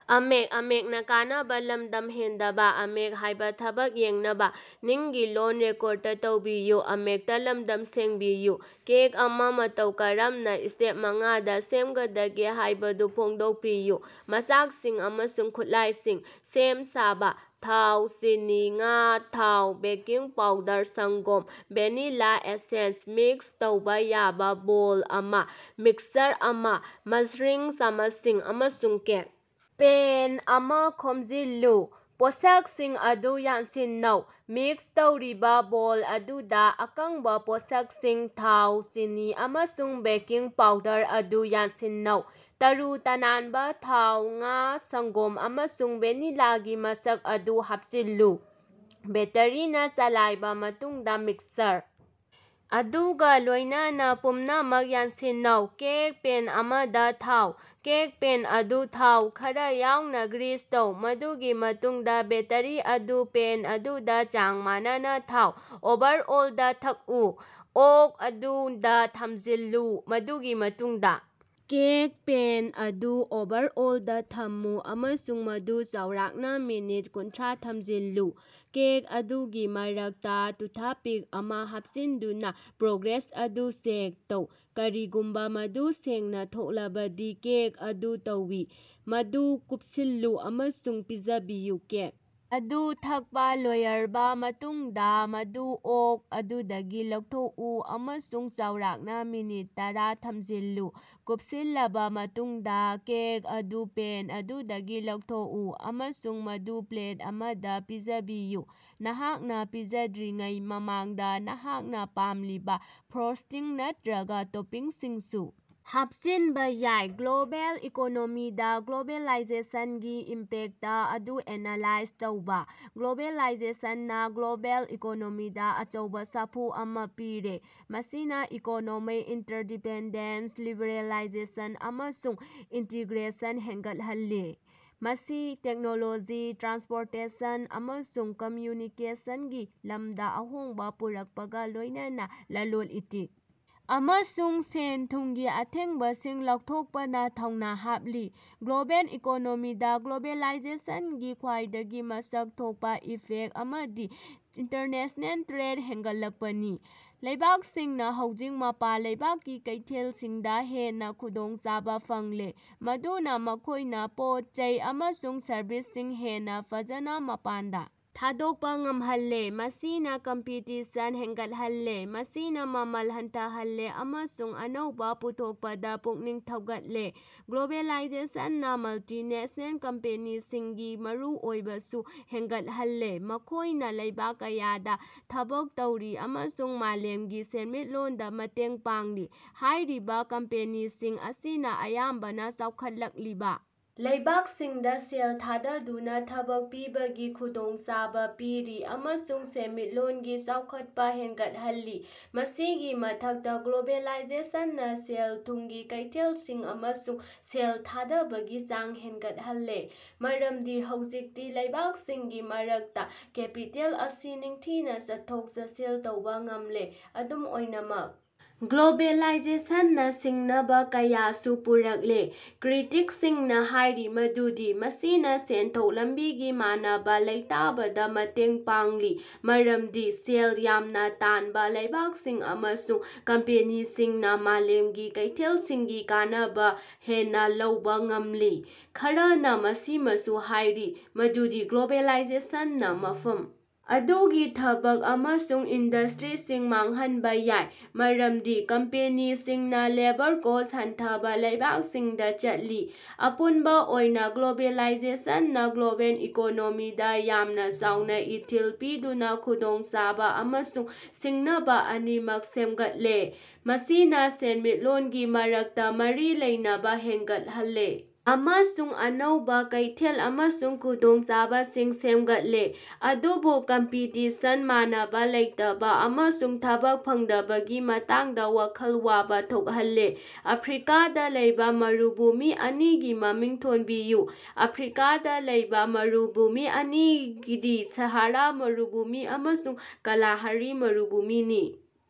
Cake ꯑꯃ ꯃꯇꯧ ꯀꯔꯝꯅ ꯁ꯭ꯇꯦꯞ ꯃꯉꯥꯗ ꯁꯦꯝꯒꯗꯒꯦ ꯍꯥꯏꯕꯗꯨ ꯐꯣꯡꯗꯣꯛꯄꯤꯌꯨ꯫ ꯃꯆꯥꯛꯁꯤꯡ ꯑꯃꯁꯨꯡ ꯈꯨꯠꯂꯥꯏꯁꯤꯡ ꯁꯦꯝ-ꯁꯥꯕ: ꯊꯥꯎ, ꯆꯤꯅꯤ, ꯉꯥ, ꯊꯥꯎ, ꯕꯦꯀꯤꯡ ꯄꯥꯎꯗꯔ, ꯁꯪꯒꯣꯝ, ꯚꯦꯅꯤꯂꯥ ꯑꯦꯁꯦꯟꯁ, ꯃꯤꯛꯁ ꯇꯧꯕ ꯌꯥꯕ ꯕꯣꯜ ꯑꯃ, ꯃꯤꯛꯁꯔ ꯑꯃꯥ, ꯃꯥꯏꯖꯔꯤꯡ ꯆꯃꯆꯁꯤꯡ ꯑꯃꯁꯨꯡ ꯀꯦꯛ ꯄꯦꯟ ꯑꯃꯥ ꯈꯣꯝꯖꯤꯜꯂꯨ꯫ ꯄꯣꯠꯁꯛꯁꯤꯡ ꯑꯗꯨ ꯌꯥꯟꯁꯤꯟꯅꯧ: ꯃꯤꯛꯁ ꯇꯧꯔꯤꯕꯥ ꯕꯣꯜ ꯑꯗꯨꯗꯥ, ꯑꯀꯪꯕꯥ ꯄꯣꯠꯁꯛꯁꯤꯡ ꯊꯥꯎ, ꯆꯤꯅꯤ, ꯑꯃꯁꯨꯡ ꯕꯦꯀꯤꯡ ꯄꯥꯎꯗꯔ ꯑꯗꯨ ꯌꯥꯟꯁꯤꯟꯅꯧ꯫ ꯇꯔꯨ-ꯇꯅꯥꯅꯕ ꯊꯥꯎ, ꯉꯥ, ꯁꯪꯒꯣꯝ, ꯑꯃꯁꯨꯡ ꯚꯦꯅꯤꯂꯥꯒꯤ ꯃꯁꯛ ꯑꯗꯨ ꯍꯥꯄꯆꯤꯜꯂꯨ꯫ ꯕꯦꯇꯔꯤꯅꯥ ꯆꯂꯥꯏꯕꯥ ꯃꯇꯨꯡꯗꯥ ꯃꯤꯛꯁꯔ ꯑꯗꯨꯒꯥ ꯂꯣꯏꯅꯅ ꯄꯨꯝꯅꯃꯛ ꯌꯥꯟꯁꯤꯟꯅꯧ꯫ ꯀꯦꯛ ꯄꯦꯟ ꯑꯃꯗꯥ ꯊꯥꯎ: ꯀꯦꯛ ꯄꯦꯟ ꯑꯗꯨ ꯊꯥꯎ ꯈꯔꯥ ꯌꯥꯎꯅꯥ ꯒ꯭ꯔꯤꯁ ꯇꯧ, ꯃꯗꯨꯒꯤ ꯃꯇꯨꯡꯗꯥ ꯕꯦꯇꯔꯤ ꯑꯗꯨ ꯄꯦꯟ ꯑꯗꯨꯗꯥ ꯆꯥꯡ ꯃꯥꯟꯅꯅꯥ ꯊꯥꯎ꯫ ꯑꯣꯚꯔꯑꯣꯜꯗꯥ ꯊꯛꯎ: ꯑꯣꯛ ꯑꯗꯨ ꯗꯥ ꯊꯃꯖꯤꯜꯂꯨ, ꯃꯗꯨꯒꯤ ꯃꯇꯨꯡꯗꯥ ꯀꯦꯛ ꯄꯦꯟ ꯑꯗꯨ ꯑꯣꯚꯔꯑꯣꯂꯗꯥ ꯊꯝꯃꯨ ꯑꯃꯁꯨꯡ ꯃꯗꯨ ꯆꯥꯎꯔꯥꯛꯅꯥ ꯃꯤꯅꯠ ꯀꯨꯟꯊ꯭ꯔꯥ ꯊꯝꯖꯤꯜꯂꯨ꯫ ꯀꯦꯛ ꯑꯗꯨꯒꯤ ꯃꯔꯛꯇꯥ ꯇꯨꯊꯄꯤꯛ ꯑꯃꯥ ꯍꯥꯄꯆꯤꯟꯗꯨꯅꯥ ꯄ꯭ꯔꯣꯒ꯭ꯔꯦꯁ ꯑꯗꯨ ꯆꯦꯛ ꯇꯧ; ꯀꯔꯤꯒꯨꯝꯕꯥ ꯃꯗꯨ ꯁꯦꯡꯅꯥ ꯊꯣꯛꯂꯕꯗꯤ ꯀꯦꯛ ꯑꯗꯨ ꯇꯧꯏ꯫ ꯃꯗꯨ ꯀꯨꯄꯁꯤꯜꯂꯨ ꯑꯃꯁꯨꯡ ꯄꯤꯖꯕꯤꯌꯨ ꯀꯦꯛ ꯑꯗꯨ ꯊꯛꯄꯥ ꯂꯣꯌꯔꯕꯥ ꯃꯇꯨꯡꯗꯥ, ꯃꯗꯨ ꯑꯣꯛ ꯑꯗꯨꯗꯒꯤ ꯂꯧꯊꯣꯛꯎ ꯑꯃꯁꯨꯡ ꯆꯥꯎꯔꯥꯛꯅꯥ ꯃꯤꯅꯠ ꯇꯔꯥ ꯊꯃꯖꯤꯜꯂꯨ꯫ ꯀꯨꯄꯁꯤꯜꯂꯕꯥ ꯃꯇꯨꯡꯗꯥ, ꯀꯦꯛ ꯑꯗꯨ ꯄꯦꯟ ꯑꯗꯨꯗꯒꯤ ꯂꯧꯊꯣꯀꯎ ꯑꯃꯁꯨꯡ ꯃꯗꯨ ꯄ꯭ꯂꯦꯠ ꯑꯃꯗꯥ ꯄꯤꯖꯕꯤꯌꯨ꯫ ꯅꯍꯥꯛꯅꯥ ꯄꯤꯖꯗ꯭ꯔꯤꯉꯩ ꯃꯃꯥꯡꯗꯥ ꯅꯍꯥꯛꯅꯥ ꯄꯥꯝꯂꯤꯕꯥ ꯐ꯭ꯔꯣꯁꯇꯤꯡ ꯅꯠꯇꯔꯒꯥ ꯇꯣꯄꯤꯡꯁꯤꯡꯁꯨ ꯍꯥꯄꯆꯤꯅꯕꯥ ꯌꯥꯏ꯫ ꯒ꯭ꯂꯣꯕꯦꯜ ꯏꯀꯣꯅꯣꯃꯤꯗꯥ ꯒ꯭ꯂꯣꯕꯦꯂꯥꯏꯖꯦꯁꯅꯒꯤ ꯏꯝꯄꯦꯛꯇ ꯑꯗꯨ ꯑꯦꯅꯥꯂꯥꯏꯖ ꯇꯧꯕꯥ꯫ ꯒ꯭ꯂꯣꯕꯦꯂꯥꯏꯖꯦꯁꯟꯅꯥ ꯒ꯭ꯂꯣꯕꯦꯜ ꯏꯀꯣꯅꯣꯃꯤꯗꯥ ꯑꯆꯧꯕꯥ ꯁꯥꯐꯨ ꯑꯃꯥ ꯄꯤꯔꯦ, ꯃꯁꯤꯅꯥ ꯏꯀꯣꯅꯣꯃꯤꯛ ꯏꯟꯇꯔꯗꯤꯄꯦꯟꯗꯦꯟꯁ, ꯂꯤꯕꯔꯦꯂꯥꯏꯖꯦꯁꯟ ꯑꯃꯁꯨꯡ ꯏꯟꯇꯤꯒ꯭ꯔꯦꯁꯟ ꯍꯦꯟꯒꯠꯍꯜꯂꯦ꯫ ꯃꯁꯤ ꯇꯦꯛꯅꯣꯂꯣꯖꯤ, ꯇ꯭ꯔꯥꯟꯁꯄꯣꯔꯇꯦꯁꯟ ꯑꯃꯁꯨꯡ ꯀꯝꯝꯌꯨꯅꯤꯀꯦꯁꯟꯒꯤ ꯂꯃꯗꯥ ꯑꯍꯣꯡꯕꯥ ꯄꯨꯔꯛꯄꯒꯥ ꯂꯣꯏꯅꯅ ꯂꯂꯣꯟ-ꯏꯇꯤꯛ ꯑꯃꯁꯨꯡ ꯁꯦꯟ-ꯊꯨꯃꯒꯤ ꯑꯊꯤꯡꯕꯁꯤꯡ ꯂꯧꯊꯣꯛꯄꯅꯥ ꯊꯧꯅꯥ ꯍꯥꯞꯂꯤ꯫ ꯒ꯭ꯂꯣꯕꯦꯜ ꯏꯀꯣꯅꯣꯃꯤꯗꯥ ꯒ꯭ꯂꯣꯕꯦꯂꯥꯏꯖꯦꯁꯅꯒꯤ ꯈ꯭ꯋꯥꯏꯗꯒꯤ ꯃꯁꯛ ꯊꯣꯀꯄꯥ ꯏꯐꯦꯛꯇ ꯑꯃꯗꯤ ꯏꯟꯇꯔꯅꯦꯁꯅꯦꯜ ꯇ꯭ꯔꯦꯗ ꯍꯦꯟꯒꯠꯂꯛꯄꯅꯤ꯫ ꯂꯩꯕꯥꯛꯁꯤꯡꯅꯥ ꯍꯧꯖꯤꯛ ꯃꯄꯥꯟ ꯂꯩꯕꯥꯛꯀꯤ ꯀꯩꯊꯦꯜꯁꯤꯡꯗꯥ ꯍꯦꯟꯅꯥ ꯈꯨꯗꯣꯡꯆꯥꯕꯥ ꯐꯪꯂꯦ, ꯃꯗꯨꯅꯥ ꯃꯈꯣꯏꯅꯥ ꯄꯣꯠ-ꯆꯩ ꯑꯃꯁꯨꯡ ꯁꯔꯕꯤꯁꯁꯤꯡ ꯍꯦꯟꯅꯥ ꯐꯖꯅꯥ ꯃꯄꯥꯟꯗꯥ ꯊꯥꯗꯣꯀꯄꯥ ꯉꯃꯍꯜꯂꯦ꯫ ꯃꯁꯤꯅꯥ ꯀꯝꯄꯤꯇꯤꯁꯟ ꯍꯦꯅꯒꯠꯍꯜꯂꯦ, ꯃꯁꯤꯅꯥ ꯃꯃꯜ ꯍꯟꯊꯍꯜꯂꯦ ꯑꯃꯁꯨꯡ ꯑꯅꯧꯕꯥ ꯄꯨꯊꯣꯀꯄꯗꯥ ꯄꯨꯛꯅꯤꯡ ꯊꯧꯒꯠꯂꯦ꯫ ꯒ꯭ꯂꯣꯕꯦꯂꯥꯏꯖꯦꯁꯟꯅꯥ ꯃꯜꯇꯤꯅꯦꯁ꯭ꯅꯦꯜ ꯀꯝꯄꯦꯅꯤꯁꯤꯡꯒꯤ ꯃꯔꯨꯑꯣꯏꯕꯁꯨ ꯍꯦꯟꯒꯠꯍꯜꯂꯦ, ꯃꯈꯣꯏꯅꯥ ꯂꯩꯕꯥꯛ ꯀꯌꯥꯗꯥ ꯊꯕꯛ ꯇꯧꯔꯤ ꯑꯃꯁꯨꯡ ꯃꯥꯂꯦꯝꯒꯤ ꯁꯦꯟꯃꯤꯠꯂꯣꯟꯗꯥ ꯃꯇꯦꯡ ꯄꯥꯡꯂꯤ꯫ ꯍꯥꯏꯔꯤꯕꯥ ꯀꯝꯄꯦꯅꯤꯁꯤꯡ ꯑꯁꯤꯅꯥ ꯑꯌꯥꯝꯕꯅꯥ ꯆꯥꯎꯈꯠꯂꯛꯂꯤꯕꯥ ꯂꯩꯕꯥꯀꯁꯤꯡꯗꯥ ꯁꯦꯜ ꯊꯥꯗꯗꯨꯅꯥ ꯊꯕꯛ ꯄꯤꯕꯒꯤ ꯈꯨꯗꯣꯡꯆꯥꯕꯥ ꯄꯤꯔꯤ ꯑꯃꯁꯨꯡ ꯁꯦꯟꯃꯤꯠꯂꯣꯟꯒꯤ ꯆꯥꯎꯈꯠꯄꯥ ꯍꯦꯟꯒꯠꯍꯜꯂꯤ꯫ ꯃꯁꯤꯒꯤ ꯃꯊꯛꯇꯥ, ꯒ꯭ꯂꯣꯕꯦꯂꯥꯏꯖꯦꯁꯟꯅꯥ ꯁꯦꯜ-ꯊꯨꯝꯒꯤ ꯀꯩꯊꯦꯜꯁꯤꯡ ꯑꯃꯁꯨꯡ ꯁꯦꯜ ꯊꯥꯗꯕꯒꯤ ꯆꯥꯡ ꯍꯦꯅꯒꯠꯍꯜꯂꯦ, ꯃꯔꯃꯗꯤ ꯍꯧꯖꯤꯛꯇꯤ ꯂꯩꯕꯥꯛꯁꯤꯡꯒꯤ ꯃꯔꯛꯇꯥ ꯀꯦꯄꯤꯇꯦꯜ ꯑꯁꯤ ꯅꯤꯡꯊꯤꯅꯥ ꯆꯠꯊꯣꯛ-ꯆꯠꯁꯤꯟ ꯇꯧꯕꯥ ꯉꯝꯂꯦ꯫ ꯑꯗꯨꯝ ꯑꯣꯏꯅꯃꯛ ꯒ꯭ꯂꯣꯕꯦꯂꯥꯏꯖꯦꯁꯟꯅꯥ ꯁꯤꯡꯅꯕꯥ ꯀꯌꯥꯁꯨ ꯄꯨꯔꯛꯂꯦ꯫ ꯀ꯭ꯔꯤꯇꯤꯛꯁꯁꯤꯡꯅꯥ ꯍꯥꯏꯔꯤ ꯃꯗꯨꯗꯤ ꯃꯁꯤꯅꯥ ꯁꯦꯟꯊꯣꯛ ꯂꯝꯕꯤꯒꯤ ꯃꯥꯟꯅꯕꯥ ꯂꯩꯇꯕꯗꯥ ꯃꯇꯦꯡ ꯄꯥꯡꯂꯤ, ꯃꯔꯃꯗꯤ ꯁꯦꯜ ꯌꯥꯝꯅꯥ ꯇꯥꯅꯕꯥ ꯂꯩꯕꯥꯛꯁꯤꯡ ꯑꯃꯁꯨꯡ ꯀꯝꯄꯦꯅꯤꯁꯤꯡꯅꯥ ꯃꯥꯂꯦꯃꯒꯤ ꯀꯩꯊꯦꯜꯁꯤꯡꯒꯤ ꯀꯥꯟꯅꯕꯥ ꯍꯦꯟꯅꯥ ꯂꯧꯕꯥ ꯉꯝꯂꯤ꯫ ꯈꯔꯅꯥ ꯃꯁꯤꯃꯁꯨ ꯍꯥꯏꯔꯤ ꯃꯗꯨꯗꯤ ꯒ꯭ꯂꯣꯕꯦꯂꯥꯏꯖꯦꯁꯟꯅꯥ ꯃꯐꯝ ꯑꯗꯨꯒꯤ ꯊꯕꯛ ꯑꯃꯁꯨꯡ ꯏꯟꯗꯁ꯭ꯇꯔꯤꯁꯤꯡ ꯃꯥꯡꯍꯅꯕꯥ ꯌꯥꯏ, ꯃꯔꯝꯗꯤ ꯀꯝꯄꯦꯅꯤꯁꯤꯡꯅꯥ ꯂꯦꯕꯔ ꯀꯣꯁꯠ ꯍꯟꯊꯕꯥ ꯂꯩꯕꯥꯛꯁꯤꯡꯗꯥ ꯆꯠꯂꯤ꯫ ꯑꯄꯨꯅꯕꯥ ꯑꯣꯏꯅꯥ ꯒ꯭ꯂꯣꯕꯦꯂꯥꯏꯖꯦꯁꯟꯅꯥ ꯒ꯭ꯂꯣꯕꯦꯜ ꯏꯀꯣꯅꯣꯃꯤꯗꯥ ꯌꯥꯝꯅꯥ ꯆꯥꯎꯅꯥ ꯏꯊꯤꯜ ꯄꯤꯗꯨꯅꯥ ꯈꯨꯗꯣꯡꯆꯥꯕꯥ ꯑꯃꯁꯨꯡ ꯁꯤꯡꯅꯕꯥ ꯑꯅꯤꯃꯛ ꯁꯦꯝꯒꯠꯂꯦ꯫ ꯃꯁꯤꯅꯥ ꯁꯦꯟꯃꯤꯠꯂꯣꯟꯒꯤ ꯃꯔꯛꯇꯥ ꯃꯔꯤ ꯂꯩꯅꯕꯥ ꯍꯦꯟꯒꯠꯍꯜꯂꯦ ꯑꯃꯁꯨꯡ ꯑꯅꯧꯕꯥ ꯀꯩꯊꯦꯜ ꯑꯃꯁꯨꯡ ꯈꯨꯗꯣꯡꯆꯥꯕꯁꯤꯡ ꯁꯦꯃꯒꯠꯂꯦ, ꯑꯗꯨꯕꯨ ꯀꯝꯄꯤꯇꯤꯁꯟ, ꯃꯥꯟꯅꯕꯥ ꯂꯩꯇꯕꯥ, ꯑꯃꯁꯨꯡ ꯊꯕꯛ ꯐꯪꯗꯕꯒꯤ ꯃꯇꯥꯡꯗꯥ ꯋꯥꯈꯜ ꯋꯥꯕꯥ ꯊꯣꯛꯍꯜꯂꯦ꯫ ꯑꯐ꯭ꯔꯤꯀꯥꯗꯥ ꯂꯩꯕꯥ ꯃꯔꯨꯚꯨꯃꯤ ꯑꯅꯤꯒꯤ ꯃꯃꯤꯡ ꯊꯣꯟꯕꯤꯌꯨ꯫ ꯑꯐ꯭ꯔꯤꯀꯥꯗꯥ ꯂꯩꯕꯥ ꯃꯔꯨꯚꯨꯃꯤ ꯑꯅꯤꯗꯤ ꯁꯥꯍꯥꯔꯥ ꯃꯔꯨꯚꯨꯃꯤ ꯑꯃꯁꯨꯡ ꯀꯥꯂꯥꯍꯥꯔꯤ ꯃꯔꯨꯚꯨꯃꯤꯅꯤ꯫